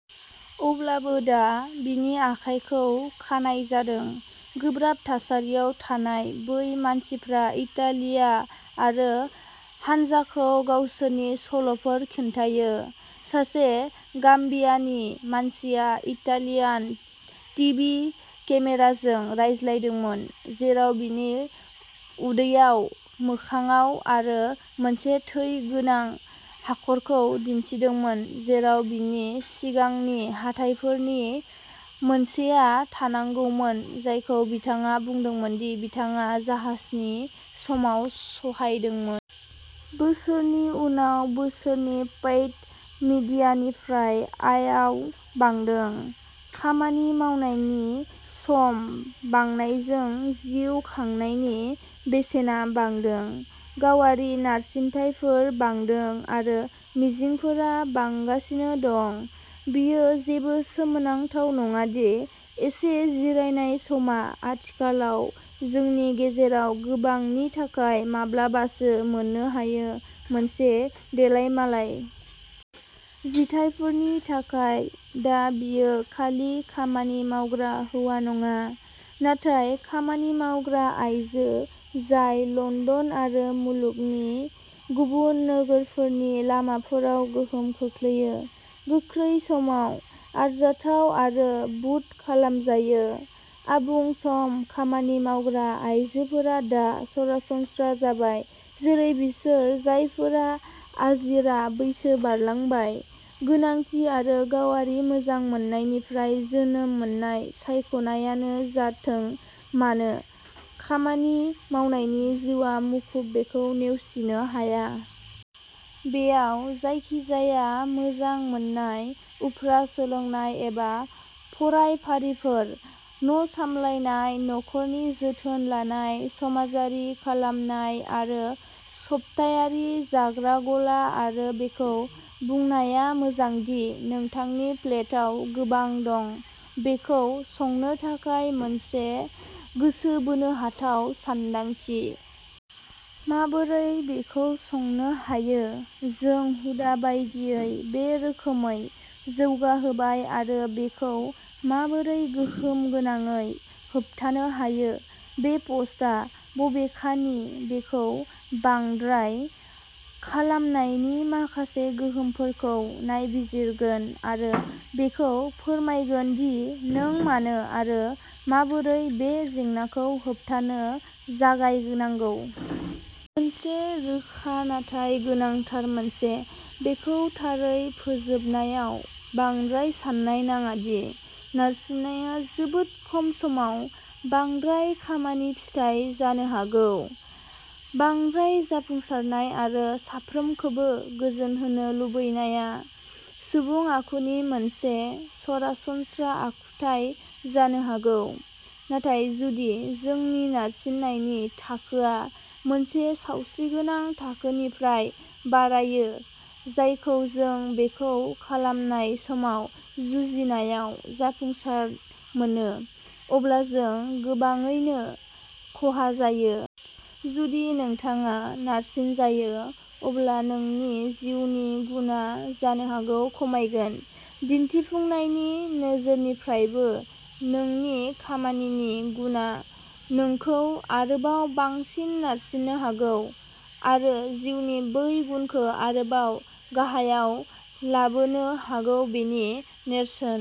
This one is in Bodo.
" अब्लाबो दा, बिनि आखाइखौ खानाय जादों। गोब्राब थासारियाव थानाय बै मानसिफ्रा इटालिया आरो हानजाखौ गावसोरनि सल'फोर खिन्थायो। सासे गाम्बियानि मानसिया इटालियान टिभि केमेराजों रायज्लायदोंमोन, जेराव बिनि उदैयाव, मोखांआव आरो मोनसे थै गोनां हाखरखौ दिन्थिदोंमोन जेराव बिनि सिगांनि हाथाइफोरनि मोनसेआ थानांगौमोन, जायखौ बिथाङा बुंदोंमोन दि बिथाङा जाहाजनि समाव सहायदोंमोन। बोसोरनि उनाव बोसोरनि पेइड मिडियानिफ्राय आयाव बांदों। खामानि मावनायनि सम बांनायजों, जिउ खांनायनि बेसेना बांदों, गावारि नारसिनथायफोर बांदों आरो मिजिंफोरा बांगासिनो दं, बेयो जेबो सोमोनांथाव नङा दि एसे जिरायनाय समआ आथिखालाव जोंनि गेजेराव गोबांनि थाखाय माब्लाबासो मोननो हानाय मोनसे देलायमालाय। जिथायफोरनि थाखाय दा बेयो खालि खामानि मावग्रा हौवा नङा, नाथाय खामानि मावग्रा आइजो जाय लन्दन आरो मुलुगनि गुबुन नोगोरफोरनि लामाफोराव गोहोम खोख्लैयो, गोख्रै समाव आरजाथाव आरो बुट खालामजायो। आबुं सम खामानि मावग्रा आइजोफोरा दा सरासनस्रा जाबाय जेरै बिसोर जायफोरा आजिरा बैसो बारलांबाय; गोनांथि एबा गावारि मोजां मोननायनिफ्राय जोनोम मोननाय सायख'नायानो जाथों मानो, खामानि मावनाय जिउआ मुखुब बेखौ नेवसिनो हाया। बेयाव जायखिजाया मोजां मोननाय, उफ्रा सोलोंनाय एबा फरायफारिफोर, न'सामलायनाय, नखरनि जोथोन लानाय, समाजारि खालामनाय आरो सप्तायारि जाग्रा गला आरो बेखौ बुंनाया मोजां दि नोंथांनि प्लेटाव गोबां दं। बेखौ संनो थाखाय मोनसे गोसो बोनो हाथाव सानदांथि। माबोरै बेखौ संनो हायो। जों हुदा बायदियै बे रोखोमै जौगाहोबाय आरो बेखौ माबोरै गोहोम गोनाङै होबथानो हायो, बे पस्टआ बबेखानि बेखौ "बांद्राय" खालामनायनि माखासे गोहोमफोरखौ नायबिजिरगोन आरो बेखौ फोरमायगोन दि नों मानो आरो माबोरै बे जेंनाखौ होबथानो जागायनांगौ। मोनसे रोखा नाथाय गोनांथार मोनसे। बेखौ थारै फोजोबनायाव बांद्राय सान्नाय नाङा दि नारसिननाया जोबोद खम समाव बांद्राय खालामनायनि फिथाय जानो हागौ। बांद्राय जाफुंसारनाय आरो साफ्रोमखौबो गोजोनहोनो लुबैनाया सुबुं आखुनि मोनसे सरासनस्रा आखुथाइ जानो हागौ, नाथाय जुदि जोंनि नारसिननायनि थाखोआ मोनसे सावस्रिगोनां थाखोनिफ्राय बारायो जायखौ जों बेखौ खालामनाय समाव जुजिनायाव जाफुंसार मोनो, अब्ला जों गोबाङैनो खहा जायो। जुदि नोंथाङा नारसिनजायो अब्ला नोंनि जिउनि गुनआ जानो हागौ खमायगोन। दिन्थिफुंनायनि नोजोरनिफ्रायबो नोंनि खामानिनि गुनआ नोंखौ आरोबाव बांसिन नारसिननो हागौ आरो जिउनि बै गुनखौ आरोबाव गाहायाव लाबोनो हागौ-बेनि नेरसोन।